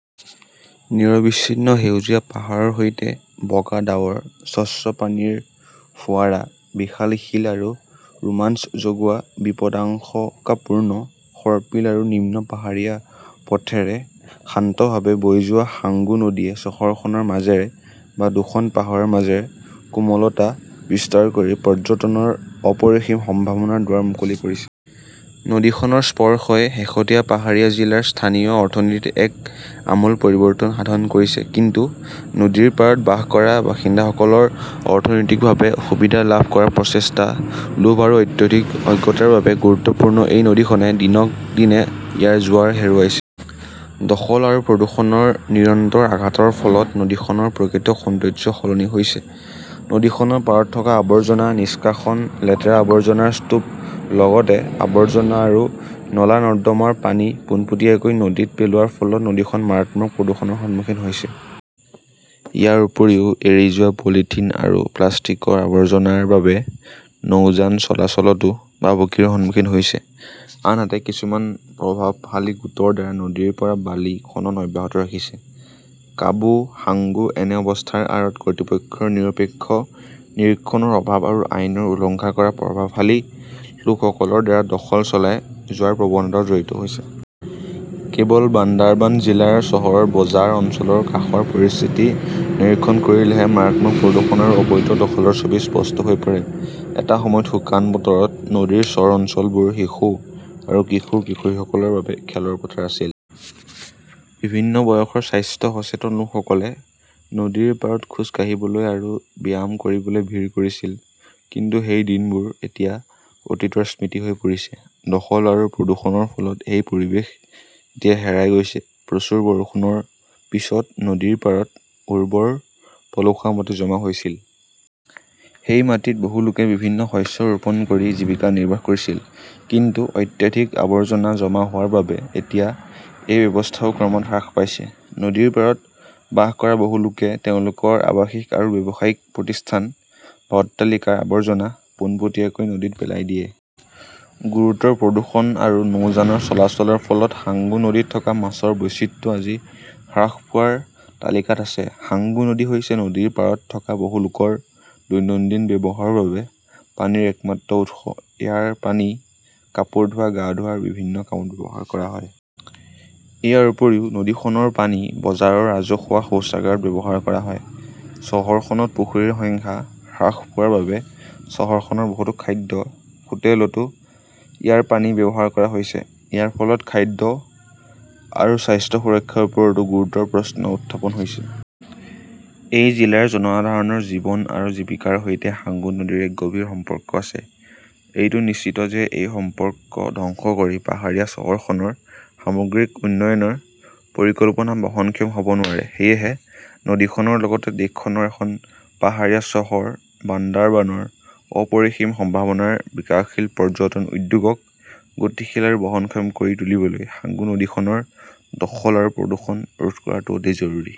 নিৰবিচ্ছিন্ন সেউজীয়া পাহাৰৰ সৈতে বগা ডাৱৰ, স্বচ্ছ পানীৰ ফোঁৱাৰা, বিশাল শিল আৰু ৰোমাঞ্চ জগোৱা বিপদাশংকাপূৰ্ণ সৰ্পিল আৰু নিম্ন পাহাৰীয়া পথেৰে শান্তভাৱে বৈ যোৱা সাঙ্গু নদীয়ে চহৰখনৰ মাজেৰে বা দুখন পাহাৰৰ মাজেৰে কোমলতা বিস্তাৰ কৰি পৰ্যটনৰ অপৰিসীম সম্ভাৱনাৰ দুৱাৰ মুকলি কৰিছে। নদীখনৰ স্পৰ্শই শেহতীয়া পাহাৰীয়া জিলাৰ স্থানীয় অৰ্থনীতিত এক আমূল পৰিৱৰ্তন সাধন কৰিছে। কিন্তু নদীৰ পাৰত বাস কৰা বাসিন্দাসকলৰ অনৈতিকভাৱে সুবিধা লাভ কৰাৰ প্ৰচেষ্টা, লোভ আৰু অত্যাধিক অজ্ঞতাৰ বাবে গুৰুত্বপূৰ্ণ এই নদীখনে দিনক দিনে ইয়াৰ জোৱাৰ হেৰুৱাইছে। দখল আৰু প্ৰদূষণৰ নিৰন্তৰ আঘাতৰ ফলত নদীখনৰ প্ৰকৃত সৌন্দৰ্য সলনি হৈছে। নদীখনৰ পাৰত থকা আৱৰ্জনা নিষ্কাশন, লেতেৰা আৱৰ্জনাৰ স্তূপ লগতে আৱৰ্জনা আৰু নলা-নৰ্দমাৰ পানী পোনপটীয়াকৈ নদীত পেলোৱাৰ ফলত নদীখন মাৰাত্মক প্ৰদূষণৰ সন্মুখীন হৈছে। ইয়াৰ উপৰিও, এৰি যোৱা পলিথিন আৰু প্লাষ্টিকৰ আৱৰ্জনাৰ বাবে নৌযান চলাচলতো ভাবুকিৰ সন্মুখীন হৈছে। আনহাতে, কিছুমান প্ৰভাৱশালী গোটৰ দ্বাৰা নদীৰ পৰা বালি খনন অব্যাহত ৰাখিছে। কাবু সাঙ্গু এনে অৱস্থাৰ আঁৰত কৰ্তৃপক্ষৰ নিৰপেক্ষ নিৰীক্ষণৰ অভাৱ আৰু আইনৰ উলংঘা কৰা প্ৰভাৱশালী লোকসকলৰ দ্বাৰা দখল চলাই যোৱাৰ প্ৰৱণতাও জড়িত হৈছে। কেৱল বান্দাৰবান জিলাৰ চহৰৰ বজাৰ অঞ্চলৰ কাষৰ পৰিস্থিতি নিৰীক্ষণ কৰিলেহে মাৰাত্মক প্ৰদূষণ আৰু অবৈধ দখলৰ ছবি স্পষ্ট হৈ পৰে। এটা সময়ত শুকান বতৰত নদীৰ চৰ অঞ্চলবোৰ শিশু আৰু কিশোৰ-কিশোৰীসকলৰ বাবে খেলৰ পথাৰ আছিল। বিভিন্ন বয়সৰ স্বাস্থ্য সচেতন লোকসকলে নদীৰ পাৰত খোজ কাঢ়িবলৈ আৰু ব্যায়াম কৰিবলৈ ভিৰ কৰিছিল। কিন্তু সেই দিনবোৰ এতিয়া অতীতৰ স্মৃতি হৈ পৰিছে। দখল আৰু প্ৰদূষণৰ ফলত সেই পৰিৱেশ এতিয়া হেৰাই গৈছে। প্ৰচুৰ বৰষুণৰ পিছত নদীৰ পাৰত উৰ্বৰ পলসুৱা মাটি জমা হৈছিল। সেই মাটিত বহু লোকে বিভিন্ন শস্য ৰোপণ কৰি জীৱিকা নিৰ্বাহ কৰিছিল। কিন্তু অত্যাধিক আৱৰ্জনা জমা হোৱাৰ বাবে এতিয়া এই ব্যৱস্থাও ক্ৰমাৎ হ্ৰাস পাইছে। নদীৰ পাৰত বাস কৰা বহু লোকে তেওঁলোকৰ আৱাসিক আৰু ব্যৱসায়িক প্ৰতিষ্ঠান বা অট্টালিকাৰ আৱৰ্জনা পোনপটীয়াকৈ নদীত পেলাই দিয়ে। গুৰুতৰ প্ৰদূষণ আৰু নৌযানৰ চলাচলৰ ফলত সাংগু নদীত থকা মাছৰ বৈচিত্ৰ্য আজি হ্ৰাস পোৱাৰ তালিকাত আছে। সাঙ্গু নদী হৈছে নদীৰ পাৰত থকা বহু লোকৰ দৈনন্দিন ব্যৱহাৰৰ বাবে পানীৰ একমাত্ৰ উৎস। ইয়াৰ পানী কাপোৰ ধোৱা, গা ধোৱা আৰু বিভিন্ন কামত ব্যৱহাৰ কৰা হয়। ইয়াৰ উপৰিও, নদীখনৰ পানী বজাৰৰ ৰাজহুৱা শৌচাগাৰত ব্যৱহাৰ কৰা হয়। চহৰখনত পুখুৰীৰ সংখ্যা হ্ৰাস পোৱাৰ বাবে চহৰখনৰ বহুতো খাদ্য হোটেলতো ইয়াৰ পানী ব্যৱহাৰ কৰা হৈছে! ইয়াৰ ফলত খাদ্য আৰু স্বাস্থ্য সুৰক্ষাৰ ওপৰতো গুৰুতৰ প্ৰশ্ন উত্থাপন হৈছে। এই জিলাৰ জনসাধাৰণৰ জীৱন আৰু জীৱিকাৰ সৈতে সাঙ্গু নদীৰ এক গভীৰ সম্পৰ্ক আছে। এইটো নিশ্চিত যে এই সম্পৰ্ক ধ্বংস কৰি পাহাৰীয়া চহৰখনৰ সামগ্ৰিক উন্নয়নৰ পৰিকল্পনা বহনক্ষম হ 'ব নোৱাৰে। সেয়েহে নদীখনৰ লগতে দেশখনৰ এখন পাহাৰীয়া চহৰ বান্দাৰবানৰ অপৰিসীম সম্ভাৱনাৰ বিকাশশীল পৰ্যটন উদ্যোগক গতিশীল আৰু বহনক্ষম কৰি তুলিবলৈ সাঙ্গু নদীখনৰ দখল আৰু প্ৰদূষণ ৰোধ কৰাটো অতি জৰুৰী।